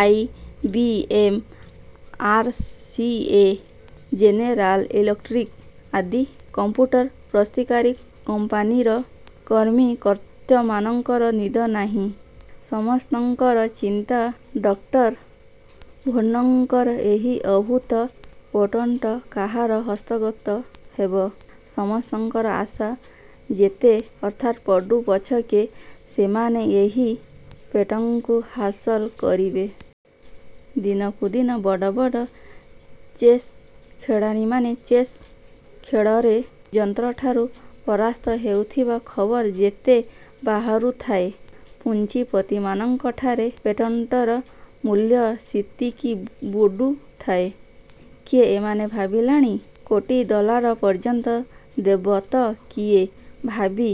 I. B. M. R: C. A., general electric ଆଦି computer ପ୍ରସ୍ତୁତିକାରୀ କମ୍ପାନୀର କର୍ମକର୍ତ୍ତାମାନଙ୍କରନିଦ ନାହିଁ। ସମସ୍ତଙ୍କର ଚିନ୍ତା ଡକ୍ଟର ଭେର୍ନନ୍ଙ୍କର ଏହି ଅଦ୍ଭୁତ ପେଟେଣ୍ଟ କାହାର ହସ୍ତଗତ ହେବ? ସମସ୍ତଙ୍କର ଆଶା, ଯେତେ ଅର୍ଥ ପଡ଼ୁପଛକେ ସେମାନେ ଏହି ପେଟେଣ୍ଟକୁ ହାସଲ କରିବେ। ଦିନକୁ ଦିନ ବଡ଼ ବଡ଼ ଚେସ୍ ଖେଳାଳୀମାନେ ଚେସ୍ ଖେଳରେ ଯନ୍ତ୍ରଠାରୁ ପରାସ୍ତ ହେଉଥିବା ଖବର ଯେତେ ବାହାରୁଥାଏ, ପୁଞ୍ଜିପତିମାନଙ୍କ ଠାରେ ପେଟେଣ୍ଟର ମୂଲ୍ୟ ସେତିକି ବଢ଼ୁଥାଏ। କିଏ ମନେ ମନେ ଭାବିଲାଣି କୋଟି ଡଲାର ପର୍ଯ୍ୟନ୍ତ ଦେବ ତ କିଏ ଭାବି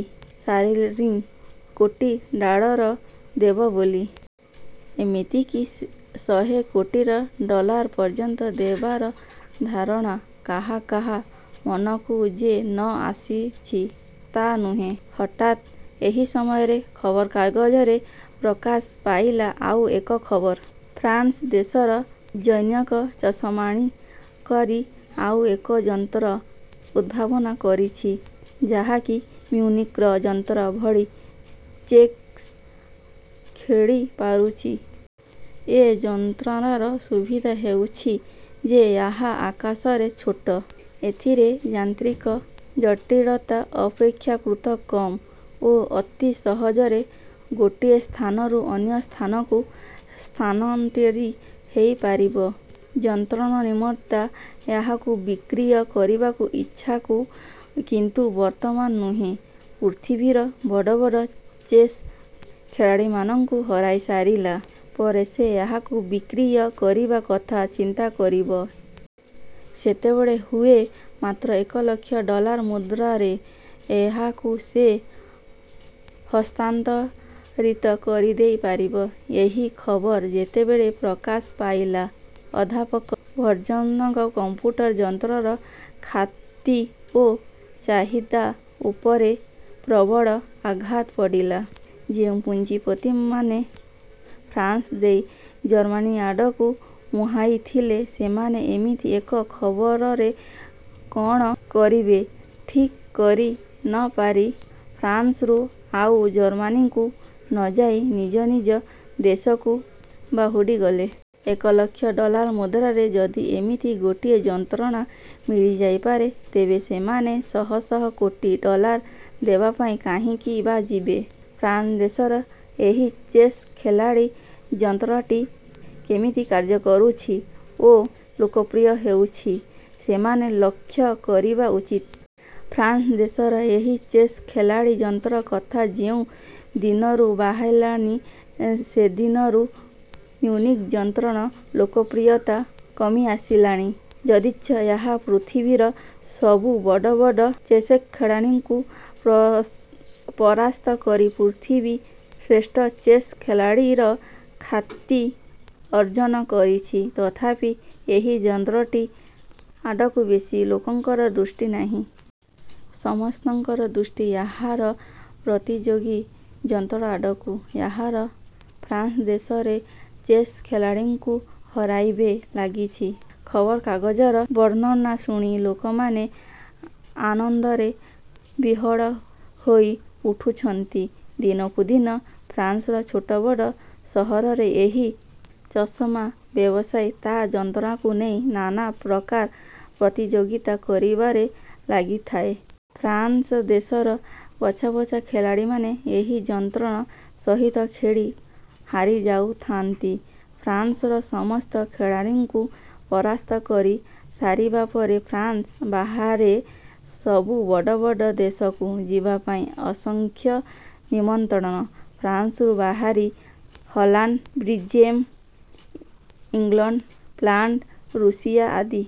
ସାରିଲାଣି କୋଟି ଡଲାର ଦେବ ବୋଲି। ଏମିତିକି ଶହେ କୋଟି ଡଲାର ପର୍ଯ୍ୟନ୍ତ ଦେବାର ଧାରଣା କାହା କାହା ମନକୁ ଯେ ନ ଆସିଛି, ତା ନୁହେଁ-। ହଠାତ୍ ଏହି ସମୟରେ ଖବରକାଗଜରେ ପ୍ରକାଶ ପାଇଲା ଆଉ ଏକ ଖବର। ଫ୍ରାନ୍ସ ଦେଶର ଜନୈକ ଚଷମାନିର୍ମାଣକାରୀ ଆଉ ଏକ ଯନ୍ତ୍ର ଉଦ୍ଭାବନ କରିଛି; ଯାହାକି ମିଉନିକ୍ର ଯନ୍ତ୍ର ଭଳି ଚେସ୍ ଖେଳିପାରୁଛି। ଏ ଯନ୍ତ୍ରର ସୁବିଧା ହେଉଛି ଯେ ଏହା ଆକାରରେ ଛୋଟ, ଏଥିରେ ଯାନ୍ତ୍ରିକ ଜଟିଳତା ଅପେକ୍ଷାକୃତ କମ୍ ଓ ଅତି ସହଜରେ ଗୋଟିଏ ସ୍ଥାନରୁ ଅନ୍ୟ ସ୍ଥାନକୁ ସ୍ଥାନାନ୍ତରିତ ହୋଇପାରିବ। ଯନ୍ତ୍ରନିର୍ମାତା ଏହାକୁ ବିକ୍ରୟ କରିବାକୁ ଇଚ୍ଛୁକ; କିନ୍ତୁ ବର୍ତ୍ତମାନ ନୁହେ। ପୃଥିବୀର ବଡ଼ ବଡ଼ ଚେସ୍ ଖେଳାଳୀମାନଙ୍କୁ ହରାଇସାରିଲା ପରେ ସେ ଏହାକୁ ବିକ୍ରୟ କରିବା କଥା ଚିନ୍ତାକରିବେ। ସେତେବେଳେ ହୁଏ ମାତ୍ର ଏକ ଲକ୍ଷ ଡଲାର ମୁଦ୍ରାରେ ଏହାକୁ ସେ ହସ୍ତାନ୍ତରିତ କରିଦେଇପାରିବେ। ଏହି ଖବର ଯେତେବେଳେ ପ୍ରକାଶ ପାଇଲା, ଅଧ୍ୟାପକ ଭେର୍ନନ୍ଙ୍କ କଂପ୍ୟୁଟର ଯନ୍ତ୍ରର ଖ୍ୟାତି ଓ ଚାହିଦା ଉପରେ ପ୍ରବଳ ଆଘାତ ପଡ଼ିଲା। ଯେଉଁ ପୁଞ୍ଜିପତିମାନେ ଆମେରିକାରୁ ଫ୍ରାନ୍ସ ଦେଇ ଜର୍ମାନୀ ଆଡ଼କୁ ମୁହାଁଇଥିଲେ, ସେମାନେ ଏମିତି ଏକ ଖବରରେ କଣ କରିବେ ଠିକ୍ କରି ନ ପାରି ଫ୍ରାନ୍ସରୁ ଆଉ ଜର୍ମାନୀକୁ ନ ଯାଇ ନିଜ ନିଜ ଦେଶକୁ ବାହୁଡ଼ିଗଲେ। ଏକ ଲକ୍ଷ ଡଲାର ମୁଦ୍ରାରେ ଯଦି ଏମିତି ଗୋଟିଏ ଯନ୍ତ୍ର ମିଳିଯାଇପାରେ, ତେବେ ସେମାନେ ଶହ ଶହ କୋଟି ଡଲାର ଦେବା ପାଇଁ କାହିଁକି ବା ଯିବେ? ଫ୍ରାନ୍ସ ଦେଶର ଏହି ଚେସ୍ ଖେଳାଳୀ ଯନ୍ତ୍ରଟି କେମିତି କାର୍ଯ୍ୟ କରୁଛି ଓ ଲୋକପ୍ରିୟ ହେଉଛି, ସେମାନେ ଲକ୍ଷ୍ୟ କରିବା ଉଚିତ। ଫ୍ରାନ୍ସ ଦେଶର ଏହି ଚେସ୍ ଖେଳାଳୀ ଯନ୍ତ୍ର କଥା ଯେଉଁ ଦିନରୁ ବାହାରିଲାଣି, ସେଦିନରୁ ମିଉନିକ ଯନ୍ତ୍ରର ଲୋକପ୍ରିୟତା କମିଆସିଲାଣି। ଯଦିଚ ଏହା ପୃଥିବୀର ସବୁ ବଡ଼ ବଡ଼ ଚେସ୍ଖେଳାଳୀଙ୍କୁ ପରାସ୍ତ କରି ପୃଥିବୀର ଶ୍ରେଷ୍ଠ ଚେସ୍ ଖେଳାଳୀର ଖ୍ୟାତି ଅର୍ଜନ କରିଛି, ତଥାପି ଏହି ଯନ୍ତ୍ରଟି ଆଡ଼କୁ ବେଶୀ ଲୋକଙ୍କର ଦୃଷ୍ଟି ନାହିଁ। ସମସ୍ତଙ୍କ ଦୃଷ୍ଟି ଏହାର ପ୍ରତିଯୋଗୀ ଯନ୍ତ୍ରଆଡ଼କୁ। ଏହା ଫ୍ରାନ୍ସଦେଶରେ ଚେସ୍ ଖେଳାଳୀମାନଙ୍କୁ ହରାଇବାରେ ଲାଗିଛି। ଖବରକାଗଜର ବର୍ଣ୍ଣନା ଶୁଣି ଲୋକମାନେ ଆନନ୍ଦରେ ବିହୋଳ ହୋଇଉଠୁଛନ୍ତି। ଦିନକୁ ଦିନ ଫ୍ରାନ୍ସର ଛୋଟ ବଡ଼ ସହରରେ ଏହି ଚଷମା-ବ୍ୟବସାୟୀ ତା ଯନ୍ତ୍ରକୁ ନେଇ ନାନା ପ୍ରକାର ପ୍ରତିଯୋଗିତା କରିବାରେ ଲାଗିଥାଏ। ଫ୍ରାନ୍ସ ଦେଶର ବଛା ବଛା ଖେଳାଳୀମାନେ ଏହି ଯନ୍ତ୍ର ସହିତ ଖେଳି ହାରିଯାଉଥାନ୍ତି। ଫ୍ରାନ୍ସର ସମସ୍ତ ଖେଳାଳୀଙ୍କୁ ପରାସ୍ତ କରି ସାରିବା ପରେ ଫ୍ରାନ୍ସ ବାହାରେ ସବୁ ବଡ଼ ବଡ଼ ଦେଶକୁ ଯିବା ପାଇଁ ଅସଂଖ୍ୟ ନିମନ୍ତ୍ରଣ। ଫ୍ରାନ୍ସରୁ ବାହାରି Holland, Belgium, England, Poland, Russia. ଆଦି